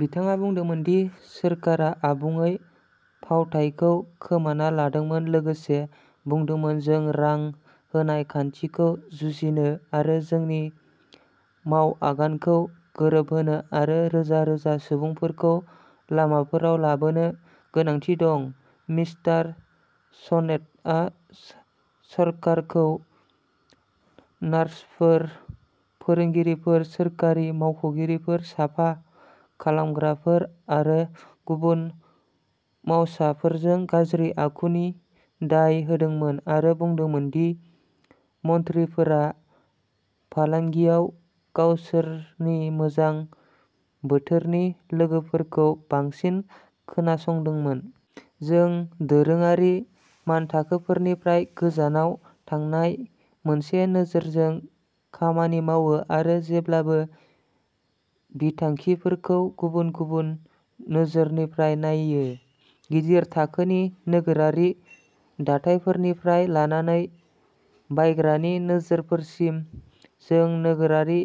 बिथाङा बुंदोंमोन दि सोरखारा "आबुङै फावथायखौ खोमाना लादोंमोन", लोगोसे बुंदोंमोन, जों रां होनाय खान्थिखौ जुजिनो आरो जोंनि मावआगानखौ गोरोबहोनो आरो रोजा रोजा सुबुंफोरखौ लामाफोराव लाबोनो गोनांथि दं। मिस्टार सनेटआ सरकारखौ नार्सफोर, फोरोंगिरिफोर, सोरखारि मावख'गिरिफोर, साफा खालामग्राफोर आरो गुबुन मावसाफोरजों गाज्रि आखु नि दाय होदोंमोन आरो बुंदोंमोन दि मन्थ्रिफोरा फालांगियाव गावसोरनि मोजां बोथोरनि लोगोफोरखौ बांसिन खोनासंदोंमोन। जों दोरोङारि मानथाखोफोरनिफ्राय गोजानाव थांनाय मोनसे नोजोरजों खामानि मावो आरो जेब्लाबो बिथांखिफोरखौ गुबुन गुबुन नोजोरनिफ्राय नायो। गिदिर थाखोनि नोगोरारि दाथायनिफ्राय लानानै बायग्रानि नोजोरसिम। जों नोगोरारि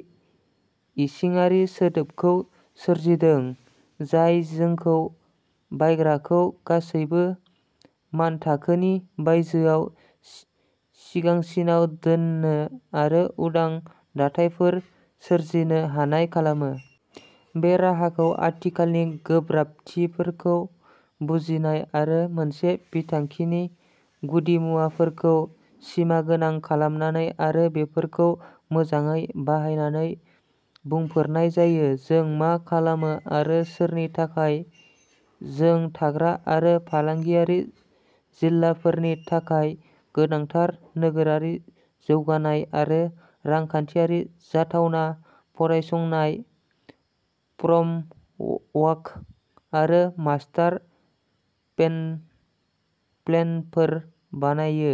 इसिङारि सोदोबखौ सोरजिदों जाय जोंखौ बायग्राखौ गासैबो मानथाखोनि बायजोआव सिगांसिनाव दोननो आरो उदां दाथायफोर सोरजिनो हानाय खालामो। बे राहाखौ आथिखालनि गोब्राबथिफोरखौ बुजिनाय आरो मोनसे बिथांखिनि गुदिमुवाफोरखौ सिमागोनां खालामनानै आरो बेफोरखौ मोजांयै बाहायनानै बुंफोरनाय जायो। जों मा खालामो आरो सोरनि थाखाय? जों थाग्रा आरो फालांगियारि जिल्लाफोरनि थाखाय गोनांथार नोगोरारि जौगानाय आरो रांखान्थियारि जाथावना फरायसंनाय, फ्रेमवर्क आरो मास्टार प्लेनफोर बानायो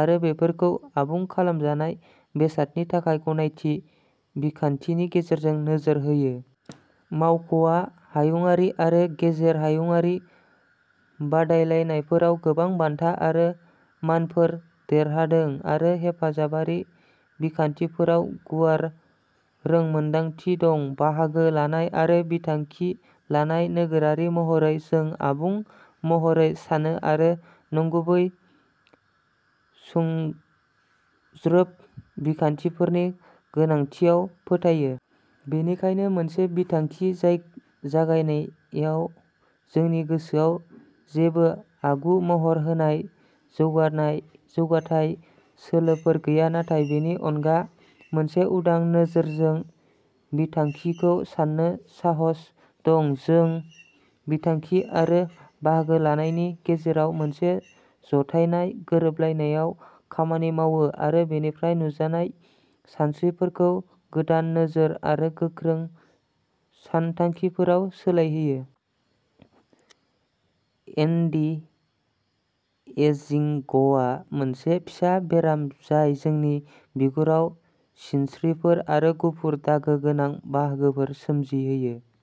आरो बेफोरखौ आबुं खालामजानाय बेसादनि थाखाय गनायथि बिखान्थिनि गेजेरजों नोजोर होयो। मावख'आ हायुंआरि आरो गेजेर हायुंआरि बादायलायनायफोराव गोबां बान्था आरो मानफोर देरहादों आरो हेफाजाबारि बिखान्थिफोराव गुवार रोंमोनदांथि दं। बाहागो लानाय आरो बिथांखि लानाय नोगोरारि महरै जों आबुं महरै सानो आरो नंगुबै सुंज्रोब बिखान्थिफोरनि गोनांथियाव फोथायो। बेनिखायनो मोनसे बिथांखि जागायनायाव जोंनि गोसोआव जेबो आगु-महर होनाय जौगाथाय सोलोफोर गैया नाथाय बेनि अनगा मोनसे उदां नोजोरजों बिथांखिखौ सान्नो साहस दं। जों बिथांखि आरो बाहागो लानायनि गेजेराव मोनसे जथायनाय गोरोबलायनायआव खामानि मावो आरो बेनिफ्राय नुजानाय सानस्रिफोरखौ गोदान नोजोर आरो गोख्रों सानथांखिफोराव सोलायहोयो। एन्टि एजिंगआ मोनसे फिसा बेराम जाय जोंनि बिगुराव सिनस्रिफोर आरो गुफुर दागो गोनां बाहागोफोर सोमजिहोयो।